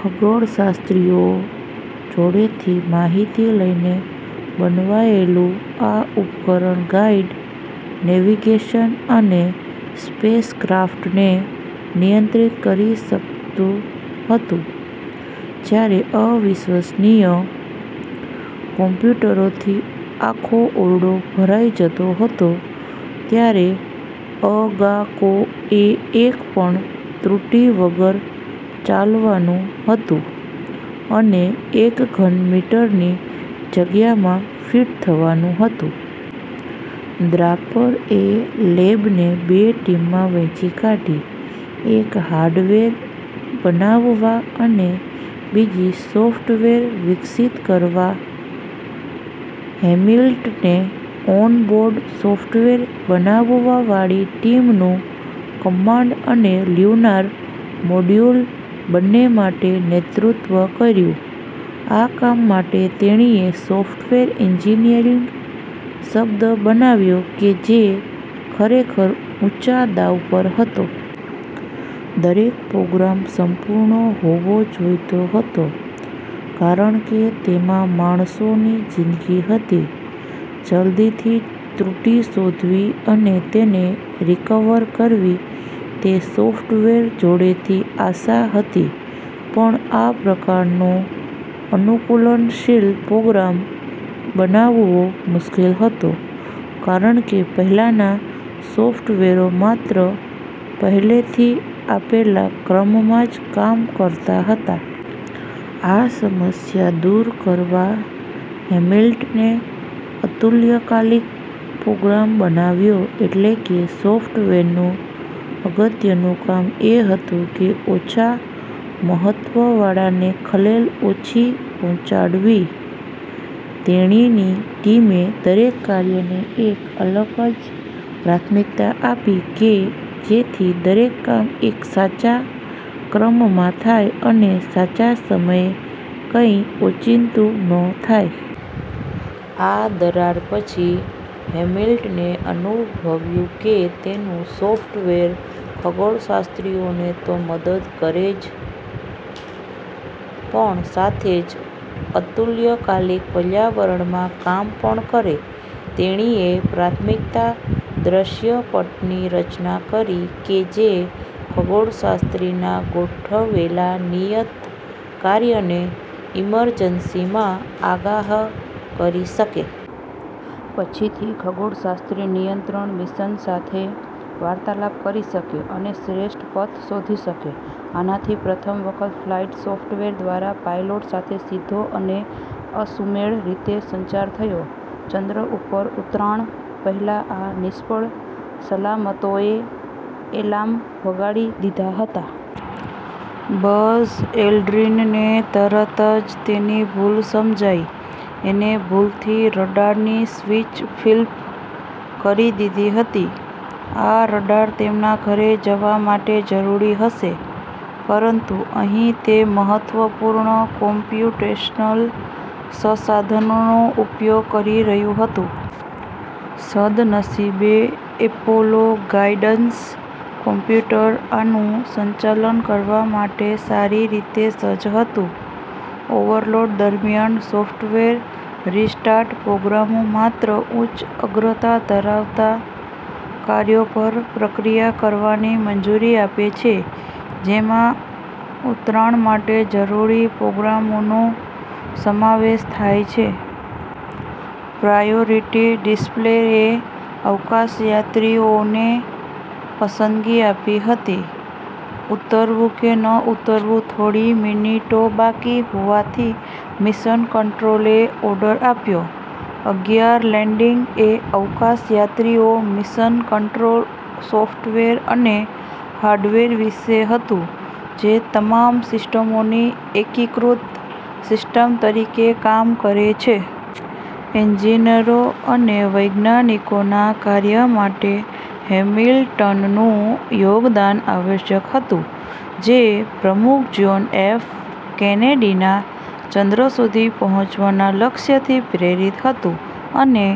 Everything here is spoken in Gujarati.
ખગોળશાસ્ત્રીઓ જોડેથી માહિતી લઈને બનવાયેલું આ ઉપકરણ ગાઈડ, નેવિગેશન અને સ્પેસક્રાફ્ટને નિયંત્રિત કરી શકતું હતું. જયારે અવિશ્વસનીય કોમ્યુટરોથી આખો ઓરડો ભરાઈ જતો હતો, ત્યારે અ. ગા. કો. એ એક પણ ત્રુટિ વગર ચાલવાનું હતું અને એક ઘન મીટરની જગ્યામાં ફીટ થવાનું હતું. દ્રાપર એ લેબને બે ટીમમાં વહેંચી કાઢી, એક હાર્ડવેર બનાવવા અને બીજી સોફ્ટવેર વિકસિત કરવા. હેમિલ્ટને ઓન-બોર્ડ સોફ્ટવેર બનાવવાવાળી ટીમનું કમાન્ડ અને લ્યુનાર મોડ્યુલ બંને માટે નેતૃત્વ કર્યું. આ કામ માટે, તેણીએ "સોફ્ટવેર એન્જીનીયરીંગ" શબ્દ બનાવ્યો કે જે ખરેખર ઊંચા દાવ પર હતો. દરેક પ્રોગ્રામ સંપૂર્ણ હોવો જોઈતો હતો કારણ કે તેમાં માણસોની જીંદગી હતી. જલ્દીથી ત્રુટિ શોધવી અને તેને રિકવર કરવી તે સોફ્ટવેર જોડેથી આશા હતી. પણ આ પ્રકારનો અનુકૂલનશીલ પ્રોગ્રામ બનાવવો મુશ્કેલ હતો કારણ કે પહેલાંના સોફ્ટવેરો માત્ર પહેલેથી આપેલા ક્રમમાં જ કામ કરતાં હતાં. આ સમસ્યા દૂર કરવા, હેમિલ્ટને "અતુલ્યકાલિક" પ્રોગ્રામ બનાવ્યો એટલે કે સોફ્ટવેરનું અગત્યનું કામ એ હતું કે ઓછા મહત્વવાળાને ખલેલ ઓછી પહોંચાડવી. તેણીની ટીમે દરેક કાર્યને એક અલગ જ પ્રાથમિકતા આપી કે જેથી દરેક કામ એક સાચા ક્રમમાં થાય અને સાચા સમયે-કઈ ઓચિંતું ન થાય. આ દરાર પછી, હેમિલ્ટને અનુભવ્યું કે તેનું સોફ્ટવેર ખગોળશાસ્ત્રીઓને તો મદદ કરે જ પણ સાથે જ અતુલ્યકાલિક પર્યાવરણમાં કામ પણ કરે. તેણીએ પ્રાથમિકતા દ્રશ્યપટની રચના કરી, કે જે ખગોળશાસ્ત્રીના ગોઠવેલા નિયત કાર્યને ઇમરજન્સીમાં આગાહ કરી શકે. પછી થી ખગોળશાસ્ત્રી નિયંત્રણ મિશન સાથે વાર્તાલાપ કરી શકે અને શ્રેષ્ઠ પથ શોધી શકે. આનાથી પ્રથમ વખત ફ્લાઇટ સોફ્ટવેર દ્વારા પાયલોટ સાથે સીધો અને અસુમેળ રીતે સંચાર થયો. ચંદ્ર પર ઉતરાણ પહેલા આ નિષ્ફળ-સલામતોએ એલાર્મ વગાડી દીધાં હતાં. બઝ એલ્ડ્રીનને તરત જ તેની ભૂલ સમજાઈ એને ભૂલથી રડારની સ્વિચ ફ્લિપ કરી દીધી હતી. આ રડાર તેમના ઘરે જવા માટે જરૂરી હશે, પરંતુ અહીં તે મહત્વપૂર્ણ કોમ્પ્યુટેશનલ સંસાધનોનો ઉપયોગ કરી રહ્યું હતું. સદનસીબે, એપોલો ગાઇડન્સ કોમ્પ્યુટર આનું સંચાલન કરવા માટે સારી રીતે સજ્જ હતું. ઓવરલોડ દરમિયાન, સૉફ્ટવેર રિસ્ટાર્ટ પ્રોગ્રામો માત્ર ઉચ્ચ અગ્રતા ધરાવતા કાર્યો પર પ્રક્રિયા કરવાની મંજૂરી આપે છે જેમાં ઉતરાણ માટે જરૂરી પ્રોગ્રામોનો સમાવેશ થાય છે. પ્રાયોરિટી ડિસ્પ્લેએ અવકાશયાત્રીઓને પસંદગી આપી હતી ઉતરવું કે ન ઉતરવું. થોડી મિનિટો બાકી હોવાથી, મિશન કંટ્રોલે ઓર્ડર આપ્યો. અગિયાર. લેન્ડિંગ એ અવકાશયાત્રીઓ, મિશન કંટ્રોલ, સૉફ્ટવેર અને હાર્ડવેર વિશે હતું જે તમામ સિસ્ટમોની એકીકૃત સિસ્ટમ તરીકે કામ કરે છે. એન્જિનિયરો અને વૈજ્ઞાનિકોના કાર્ય માટે હેમિલ્ટનનું યોગદાન આવશ્યક હતું. જે પ્રમુખ જ્હોન એફ. કેનેડીના ચંદ્ર સુધી પહોંચવાના લક્ષ્યથી પ્રેરિત હતું. અને